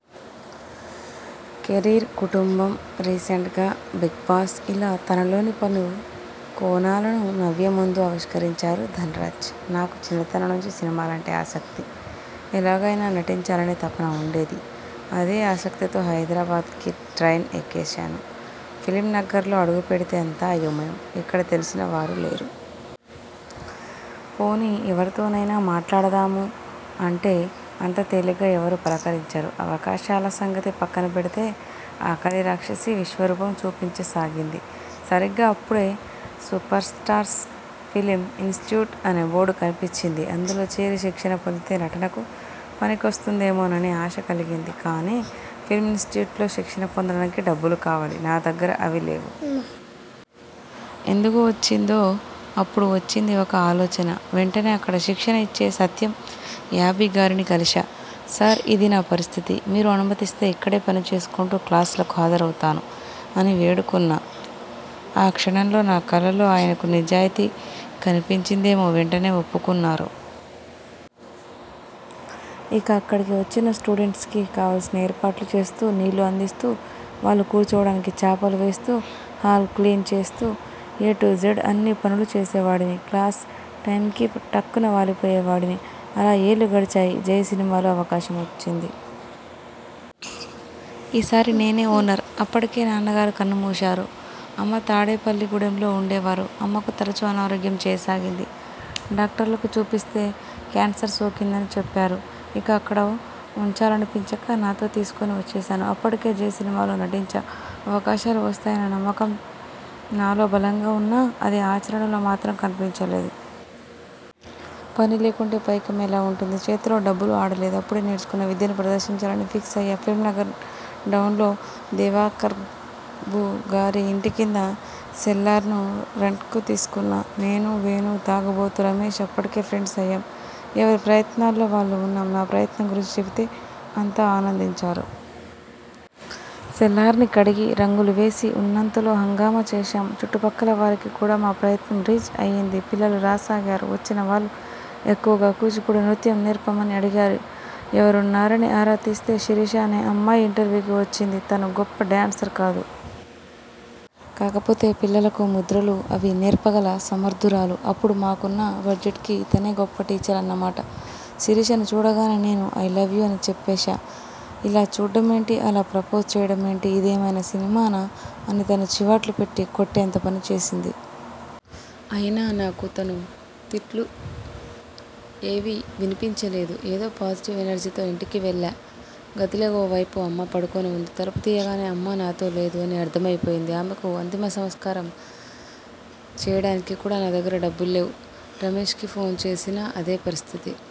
Career, కుటుంబం, రీసెంట్గా Bigg Boss ఇలా తనలోని పలు కోణాలను 'నవ్య' ముందు ఆవిష్కరించారు ధన్రాజ్. ''నాకు చిన్నతనం నుంచి సినిమాలంటే ఆసక్తి. ఎలాగైనా నటించాలనే తపన ఉండేది. అదే ఆసక్తితో హైదరాబాద్కి ట్రైన్ ఎక్కేశాను. ఫిల్మ్నగర్లో అడుగుపెడితే అంతా అయోమయం. ఇక్కడ తెలిసిన వారు లేరు. పోనీ ఎవరితోనైనా మాట్లాడదామా అంటే అంత తేలిగ్గా ఎవరూ పలకరించరు. అవకాశాల సంగతి పక్కనపెడితే, ఆకలిరాక్షసి విశ్వరూపం చూపించసాగింది. సరిగ్గా అప్పుడే 'సూపర్స్టార్ ఫిల్మ్ ఇన్స్టిట్యూట్' అనే బోర్డు కనిపించింది. అందులో చేరి శిక్షణ పొందితే నటనకు పనికొస్తుందేమోననే ఆశ కలిగింది. కానీ ఫిల్మ్ ఇన్స్టిట్యూట్లో శిక్షణ పొందడానికి డబ్బులు కావాలి నా దగ్గర అవి లేవు. ఎందుకు వచ్చిందో అప్పుడు వచ్చింది ఒక ఆలోచన వెంటనే అక్కడ శిక్షణ ఇచ్చే సత్యం యాబి గారిని కలిశా. 'సార్ ఇదీ నా పరిస్థితి. మీరు అనుమతిస్తే ఇక్కడే పనిచేసుకుంటూ, క్లాసులకు హాజరవుతాను' అని వేడుకున్నా. ఆ క్షణంలో నా కళ్లల్లో ఆయనకు నిజాయతీ కనిపించిందేమో, వెంటనే ఒప్పుకున్నారు. ఇక అక్కడికి వచ్చిన స్టూడెంట్స్కి కావాల్సిన ఏర్పాట్లు చేస్తూ, నీళ్లు అందిస్తూ, వాళ్లు కూర్చోవడానికి చాపలు వేస్తూ హాల్ క్లీన్ చేస్తూ ఎ టు జెడ్ అన్నీ పనులు చేసేవాడిని. క్లాస్ టైమ్కి టక్కున వాలిపోయేవాడిని. అలా ఏళ్లు గడిచాయి. 'జై' సినిమాలో అవకాశం వచ్చింది. ఈ సారి నేనే ఓనర్! అప్పటికే నాన్నగారు కన్నుమూశారు. అమ్మ తాడేపల్లిగూడెంలో ఉండేవారు. అమ్మకు తరచూ అనారోగ్యం చేయసాగింది. డాక్టర్లకు చూపిస్తే కేన్సర్ సోకిందని చెప్పారు. ఇక అక్కడ ఉంచాలనిపించక, నాతో తీసుకుని వచ్చేశాను. అప్పటికి 'జై' సినిమాలో నటించా. అవకాశాలు వస్తాయనే నమ్మకం నాలో బలంగా ఉన్నా, అది ఆచరణలో మాత్రం కనిపించలేదు. పనిలేకుంటే పైకం ఎలా ఉంటుంది? చేతిలో డబ్బులు ఆడలేదు. అప్పుడే నేర్చుకున్న విద్యను ప్రదర్శించాలని ఫిక్స్ అయ్యా. ఫిల్మ్నగర్ డౌన్లో దివాకర్బాబుగారి ఇంటి కింద సెల్లార్ను రెంట్కు తీసుకున్నా. నేను, వేణు, 'తాగుబోతు' రమేశ్ అప్పటికే ఫ్రెండ్స్ అయ్యాం. ఎవరి ప్రయత్నాల్లో వాళ్లు ఉన్నాం. నా ప్రయత్నం గురించి చెబితే అంతా ఆనందించారు. సెల్లార్ని కడిగి, రంగులు వేసి ఉన్నంతలో హంగామా చేశాం. చుట్టుపక్కలవారికి కూడా మా ప్రయత్నం రీచ్ అయింది. పిల్లలు రాసాగారు. వచ్చిన వాళ్లు ఎక్కువగా కూచిపూడి నృత్యం నేర్పమని అడిగారు. ఎవరున్నారని ఆరా తీస్తే శిరీష అనే అమ్మాయి ఇంటర్వ్యూకి వచ్చింది. తను గొప్ప డ్యాన్సర్ కాదు. కాకపోతే పిల్లలకు ముద్రలు అవీ నేర్పగల సమర్థురాలు. అప్పుడు మాకున్న బడ్జెట్కి తనే గొప్ప టీచర్ అన్నమాట. శిరీషను చూడగానే నేను 'ఐలవ్యూ' అని చెప్పేశా. 'ఇలా చూడ్డమేంటి? అలా ప్రపోజ్ చేయడమేంటి? ఇదేమైనా సినిమానా? ' అని తను చీవాట్లు పెట్టి కొట్టేంత పనిచేసింది. అయినా నాకు తన తిట్లు ఏవీ వినిపించలేదు. ఏదో పాజిటివ్ ఎనర్జీతో ఇంటికి వెళ్లా. గదిలో ఓ వైపు అమ్మ పడుకుని ఉంది. తలుపు తీయగానే 'అమ్మ నాతో లేదు' అని అర్థమైపోయింది. ఆమెకు అంతిమసంస్కారం చేయడానికి కూడా నా దగ్గర డబ్బులు లేవు. రమేశ్కి ఫోన్ చేసినా అదే పరిస్థితి.